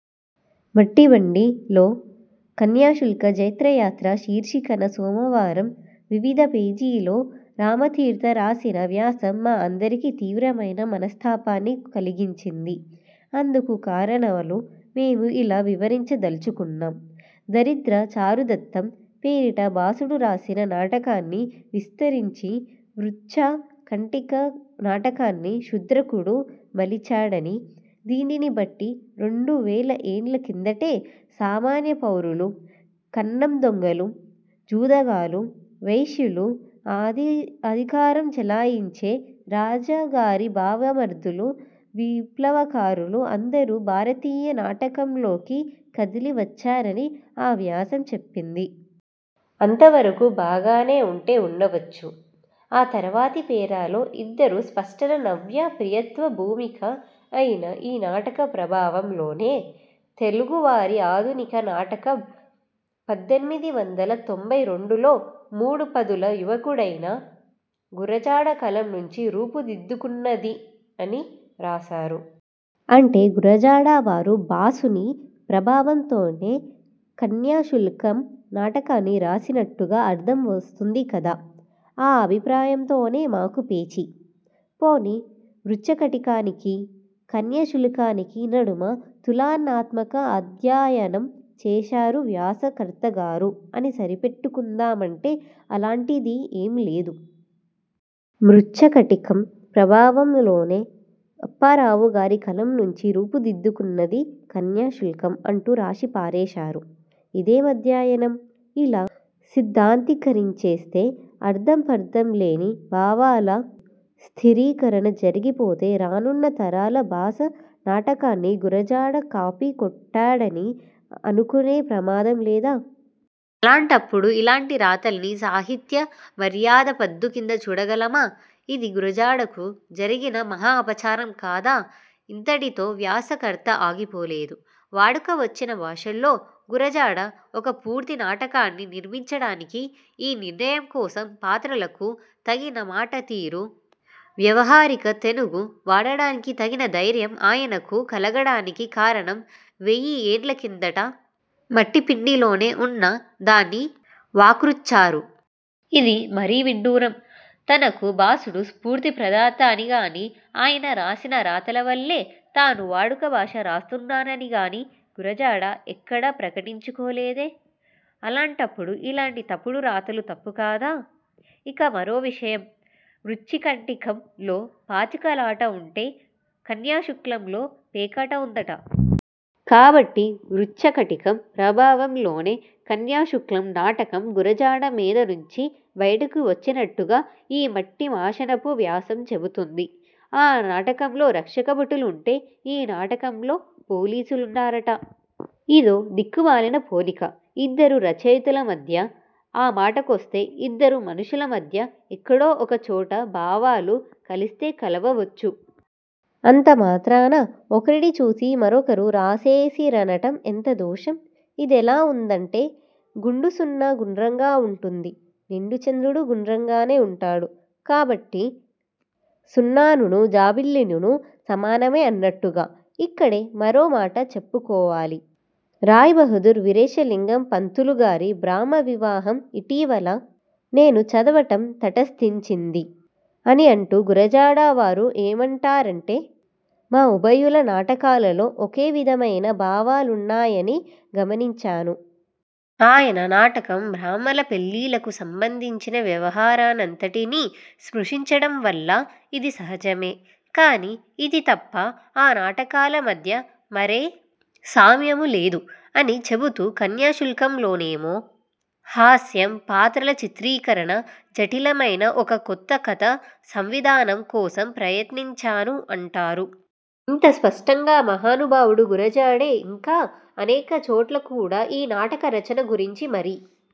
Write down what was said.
మట్టిబండి'లో కన్యాశుల్క జైత్రయాత్ర' శీర్షికన సోమవారం 'వివిధ' పేజీలో రామతీర్థ రాసిన వ్యాసం మా అందరికీ తీవ్రమైన మనస్తాపాన్ని కలిగించింది. అందుకు కారణాలు మేం ఇలా వివరించ దలుచుకున్నాం. 'దరిద్ర చారుదత్తం' పేరిట భాసుడు రాసిన నాటకాన్ని విస్తరించి మృచ్ఛ కటికం నాటకాన్ని శూద్రకుడు మలిచాడని, దీనిని బట్టి రెండు వేల ఏళ్ల కిందటే సామాన్య పౌరులు, కన్నం దొంగలు, జూదగాళ్లు, వేశ్యలు, అది అధికారం చెలాయించే రాజుగారి బావ మరుదులు, విప్లవకారులు అందరూ భారతీయ నాటకం లోకి కదలి వచ్చారని ఆ వ్యాసం చెప్పింది. అంత వరకూ బాగానే ఉంటే ఉండ వచ్చు. ఆ తరువాత పేరాలో ఇద్దరు స్రష్టల నవ్య ప్రియత్వ భూమిక అయిన ఈ నాటకం ప్రభావం లోనే, తెలుగు వారి ఆధునిక నాటకం పద్దెనిమిది వందల తొంభై రెండులో మూడు పదుల యువకుడైన గురజాడ కలం నుంచి రూపు దిద్దుకున్నది, అని రాశారు. అంటే గురజాడ వారు భాసుని ప్రభావం తోనే కన్యాశుల్కం నాటకాన్ని రాసి నట్టుగా అర్థం వస్తోంది కదా. ఆ అభి ప్రాయంతోనే మాకు పేచీ. పోనీ, మృచ్ఛ కటికానికీ, కన్యా శుల్కానికీ నడుమ తుల నాత్మక అధ్యయనం చేశారు వ్యాస కర్తగారు అని సరిపెట్టేసుకుందామంటే అలాంటిది ఏమి లేదు. మృచ్ఛ కటికం ప్రభావం లోనే అప్పారావు గారి కలం నుంచి రూపు దిద్దుకున్నది 'కన్యా శుల్కం' అంటూ రాసి పారేశారు. ఇదేం అధ్యయనం? ఇలా సిద్ధాంతీకరిం చేస్తే, అర్థం పర్థం లేని భావాల స్థిరీ కరణ జరిగిపోతే, రానున్న తరాలు భాస నాటకాన్ని గురజాడ కాపీ కొట్టాడని అనుకునే ప్రమాదం లేదా! అలాంటప్పుడు ఇలాంటి రాతల్ని సాహిత్య మర్యాదా పద్దు కింద చూడగలమా? ఇది గురజాడకు జరిగిన మహాపచారం కాదా? ఇంతటితో వ్యాస కర్త ఆగి పోలేదు. వాడుక వచన భాషలో గురజాడ ఒక పూర్తి నాటకాన్ని నిర్మించడానికి, ఈ నిర్మాణం కోసం పాత్రలకు తగిన మాట తీరు, వ్యవహారిక తెలుగు వాడడానికి తగిన ధైర్యం ఆయనకు కలగడానికి కారణం వేలఏళ్ల కిందటి 'మట్టిపిండి లోనే ఉన్న''దని వాక్రుచ్చారు. ఇది మరీ విడ్డూరం. తనకు భాసుడు స్ఫూర్తి ప్రదాత అనిగానీ, ఆయన రాసిన రాతల వల్లే తాను వాడుక భాష రాస్తున్నానని గానీ గురజాడ ఎక్కడా ప్రకటించుకోలేదే. అలాంటప్పుడు ఇలాంటి తప్పుడు రాతలు తప్పు కాదా? ఇక మరో విషయం 'మృచ్ఛకటికం'లో పాచిక లాట ఉంటే, కన్యాశుల్కంలో పేకాట ఉందట. కాబట్టి 'మృచ్ఛ కటికం' ప్రభావం లోనే కన్యాశుల్కం నాటకం గురజాడ మేధ నుంచి బయటకు వచ్చినట్టుగా ఈ మట్టీ మశానపు వ్యాసం చెబుతోంది. ఆ నాటకంలో రక్షక భటులు ఉంటే ఈ నాటకంలో పోలీసులు ఉన్నారట. ఇదో దిక్కు మాలిన పోలిక. ఇద్దరు రచయితల మధ్య, ఆ మాట కొస్తే ఇద్దరు మనుషుల మధ్య ఎక్కడో ఒక చోట భావాలు కలిేస్త కలవవచ్చు. అంత మాత్రాన ఒకరిని చూసి మరొకరు రాసీసేరనటం ఎంత దోషం? ఇదెలా ఉంటుందంటే, 'గుండుసున్న గుండ్రంగా ఉంటుంది. నిండు చంద్రుడూ గుండ్రంగానే ఉంటాడు. కాబట్టి సున్నానున్నూ జాబిలినున్నూ సమానమే'' అన్నట్టుగా. ఇక్కడే మరో మాటా చెప్పుకోవాలి. రాయ్ బహుద్దూర్ వీరేశ లింగం పంతులు గారి బ్రాహ్మ వివాహం ఇటీవల నేను చదవటం తటస్థించింది, అని అంటూ గురజాడ గారు ఏమంటా రంటే, మా ఉభయుల నాటకాల్లో ఒకే విధమైన భావాలున్నాయని గమనించాను. ఆయన నాటకం బ్రాహ్మల పెళ్లిళ్లకు సంబంధించిన వ్యవహారాన్నంతటినీ స్పృశించడం వల్ల ఇది సహజమే. కానీ, ఇది తప్ప ఈ నాటకాల మధ్య మరే సామ్యమూ లేదు, అని చెబుతూ కన్యా శుల్కం లోనేమో హాస్యం, పాత్రల చిత్రీకరణ, జఠిల మైన ఒక కొత్త కథా సంవిధానం కోసం ప్రయత్నించాను అంటారు. ఇంత స్పష్టంగా మహానుభావుడు గురజాడే ఇంకా అనేక చోట్ల కూడా ఈ నాటక రచన గురించి మరి